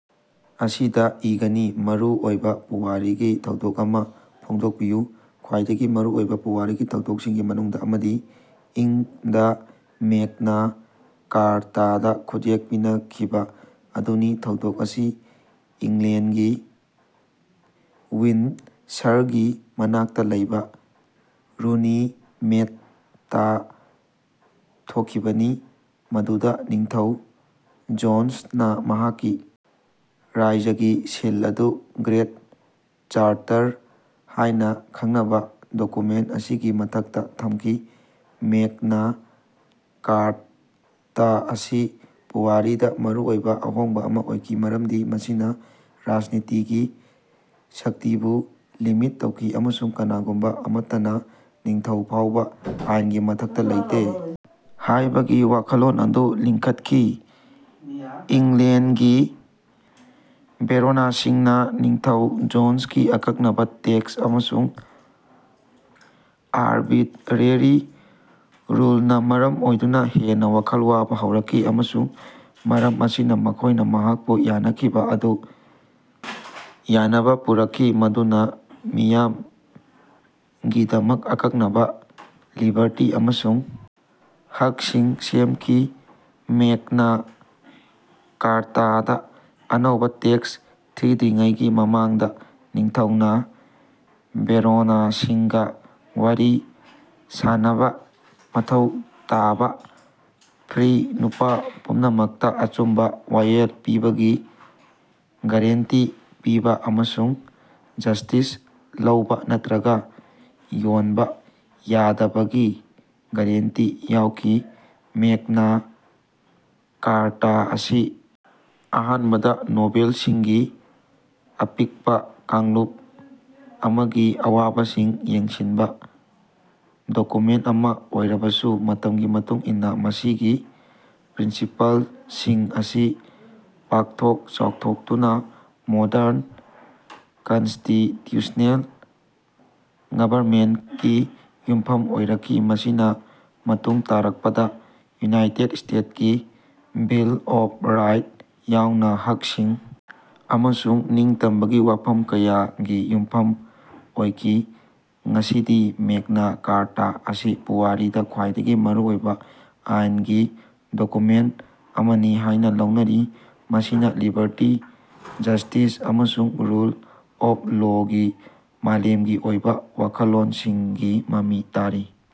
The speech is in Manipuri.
ꯑꯁꯤꯗ ꯏꯒꯅꯤ꯫ ꯃꯔꯨꯑꯣꯏꯕ ꯄꯨꯋꯥꯔꯤꯒꯤ ꯊꯧꯗꯣꯛ ꯑꯃ ꯐꯣꯡꯗꯣꯛꯄꯤꯌꯨ꯫ ꯈ꯭ꯋꯥꯏꯗꯒꯤ ꯃꯔꯨ ꯑꯣꯏꯕ ꯄꯨꯋꯥꯔꯤꯒꯤ ꯊꯧꯗꯣꯛꯁꯤꯡꯒꯤ ꯃꯅꯨꯡꯗ ꯑꯃꯗꯤ ꯏꯪ ꯗ ꯃꯦꯛꯅꯥ ꯀꯥꯔꯇꯥꯗ ꯈꯨꯠꯌꯦꯛ ꯄꯤꯅꯈꯤꯕ ꯑꯗꯨꯅꯤ ꯊꯧꯗꯣꯛ ꯑꯁꯤ ꯏꯪꯂꯦꯟꯗꯒꯤ ꯋꯤꯟꯗꯁꯔꯒꯤ ꯃꯅꯥꯛꯇ ꯂꯩꯕ ꯔꯨꯅꯤꯃꯦꯠꯇꯥ ꯊꯣꯛꯈꯤꯕꯅꯤ ꯃꯗꯨꯗ ꯅꯤꯡꯊꯧ ꯖꯣꯟꯁꯅ ꯃꯍꯥꯛꯀꯤ ꯔꯥꯏꯖꯒꯤ ꯁꯤꯜ ꯑꯗꯨ ꯒ꯭ꯔꯦꯠ ꯆꯥꯔꯇꯔ ꯍꯥꯏꯅ ꯈꯪꯅꯕ ꯗꯣꯀꯨꯃꯦꯟ ꯑꯁꯤꯒꯤ ꯃꯊꯛꯇ ꯊꯝꯈꯤ꯫ ꯃꯦꯛꯅ ꯀꯥꯔꯇ ꯑꯁꯤ ꯄꯨꯋꯥꯔꯤꯗ ꯃꯔꯨꯑꯣꯏꯕ ꯑꯍꯣꯡꯕ ꯑꯃ ꯑꯣꯏꯈꯤ ꯃꯔꯝꯗꯤ ꯃꯁꯤꯅ ꯔꯥꯖꯅꯤꯇꯤꯒꯤ ꯁꯛꯇꯤꯕꯨ ꯂꯤꯃꯤꯠ ꯇꯧꯈꯤ ꯑꯃꯁꯨꯡ ꯀꯅꯥꯒꯨꯝꯕ ꯑꯃꯠꯇꯅ ꯅꯤꯡꯊꯧ ꯐꯥꯎꯕꯥ ꯑꯥꯏꯟꯒꯤ ꯃꯊꯛꯇ ꯂꯩꯇꯦ ꯍꯥꯌꯕꯒꯤ ꯋꯥꯈꯜꯂꯣꯟ ꯑꯗꯨ ꯂꯤꯡꯈꯠꯈꯤ꯫ ꯏꯪꯂꯦꯟꯗꯒꯤ ꯕꯦꯔꯣꯅꯁꯤꯡꯅ ꯅꯤꯡꯊꯧ ꯖꯣꯟꯁꯀꯤ ꯑꯀꯛꯅꯕ ꯇꯦꯛꯁ ꯑꯃꯁꯨꯡ ꯑꯔꯕꯤꯠꯔꯦꯔꯤ ꯔꯨꯜꯅꯥ ꯃꯔꯝ ꯑꯣꯏꯗꯨꯅ ꯍꯦꯟꯅ ꯋꯥꯈꯜ ꯋꯥꯕ ꯍꯧꯔꯛꯈꯤ ꯑꯃꯁꯨꯡ ꯃꯔꯝ ꯑꯁꯤꯅ ꯃꯈꯣꯏꯅ ꯃꯍꯥꯛꯄꯨ ꯌꯥꯅꯈꯤꯕ ꯑꯗꯨ ꯌꯥꯅꯕ ꯄꯨꯔꯛꯈꯤ ꯃꯗꯨꯅ ꯃꯤꯌꯥꯝꯒꯤꯗꯃꯛ ꯑꯀꯛꯅꯕ ꯂꯤꯕꯔꯇꯤ ꯑꯃꯁꯨꯡ ꯍꯛꯁꯤꯡ ꯁꯦꯝꯈꯤ꯫ ꯃꯦꯛꯅ ꯀꯥꯔꯇꯥꯗ ꯑꯅꯧꯕ ꯇꯦꯛꯁ ꯊꯤꯗ꯭ꯔꯤꯉꯩꯒꯤ ꯃꯃꯥꯡꯗ ꯅꯤꯡꯊꯧꯅ ꯕꯦꯔꯣꯅꯁꯤꯡꯒ ꯋꯥꯔꯤ ꯁꯥꯅꯕ ꯃꯊꯧ ꯇꯥꯕ ꯐ꯭ꯔꯤ ꯅꯨꯄꯥ ꯄꯨꯝꯅꯃꯛꯇ ꯑꯆꯨꯝꯕ ꯋꯥꯌꯦꯜ ꯄꯤꯕꯒꯤ ꯒꯔꯦꯟꯇꯤ ꯄꯤꯕ ꯑꯃꯁꯨꯡ ꯖꯁ꯭ꯇꯤꯁ ꯂꯧꯕ ꯅꯠꯇ꯭ꯔꯒ ꯌꯣꯟꯕ ꯌꯥꯗꯕꯒꯤ ꯒꯔꯦꯟꯇꯤ ꯌꯥꯎꯈꯤ꯫ ꯃꯦꯛꯅꯥ ꯀꯥꯔꯇ ꯑꯁꯤ ꯑꯍꯥꯅꯕꯗ ꯅꯣꯕꯦꯜꯁꯤꯡꯒꯤ ꯑꯄꯤꯀꯄ ꯀꯥꯡꯂꯨꯞ ꯑꯃꯒꯤ ꯑꯋꯥꯕꯁꯤꯡ ꯌꯦꯡꯁꯤꯟꯕ ꯗꯣꯀꯨꯃꯦꯟ ꯑꯃ ꯑꯣꯏꯔꯕꯁꯨ ꯃꯇꯝꯒꯤ ꯃꯇꯨꯡ ꯏꯟꯅ ꯃꯁꯤꯒꯤ ꯄ꯭ꯔꯤꯟꯁꯤꯄꯜꯁꯤꯡ ꯑꯁꯤ ꯄꯥꯛꯊꯣꯛ ꯆꯥꯎꯊꯣꯛꯇꯨꯅ ꯃꯣꯗꯔꯟ ꯀꯟꯁꯇꯤꯇꯨꯁ꯭ꯅꯦꯜ ꯒꯕꯔꯃꯦꯟꯀꯤ ꯌꯨꯝꯐꯝ ꯑꯣꯏꯔꯛꯈꯤ꯫ ꯃꯁꯤꯅ ꯃꯇꯨꯡ ꯇꯥꯔꯛꯄꯗ ꯌꯨꯅꯥꯏꯇꯦꯠ ꯁ꯭ꯇꯦꯁꯀꯤ ꯕꯤꯜ ꯑꯣꯐ ꯔꯥꯏꯠ ꯌꯥꯎꯅ ꯍꯛꯁꯤꯡ ꯑꯃꯁꯨꯡ ꯅꯤꯡꯇꯝꯕꯒꯤ ꯋꯥꯐꯝ ꯀꯌꯥꯒꯤ ꯌꯨꯝꯐꯝ ꯑꯣꯏꯈꯤ꯫ ꯉꯁꯤꯗꯤ ꯃꯦꯛꯅꯥ ꯀꯥꯔꯇ ꯑꯁꯤ ꯄꯨꯋꯥꯔꯤꯗ ꯈ꯭ꯋꯥꯏꯗꯒꯤ ꯃꯔꯨꯑꯣꯏꯕ ꯑꯥꯏꯟꯒꯤ ꯗꯣꯀꯨꯃꯦꯟ ꯑꯃꯅꯤ ꯍꯥꯏꯅ ꯂꯧꯅꯔꯤ ꯃꯁꯤꯅ ꯂꯤꯕꯔꯇꯤ ꯖꯁꯇꯤꯁ ꯑꯃꯁꯨꯡ ꯔꯨꯜ ꯑꯣꯐ ꯂꯣꯒꯤ ꯃꯥꯂꯦꯝꯒꯤ ꯑꯣꯏꯕ ꯋꯥꯈꯜꯂꯣꯟꯁꯤꯡꯒꯤ ꯃꯃꯤ ꯇꯥꯔꯤ꯫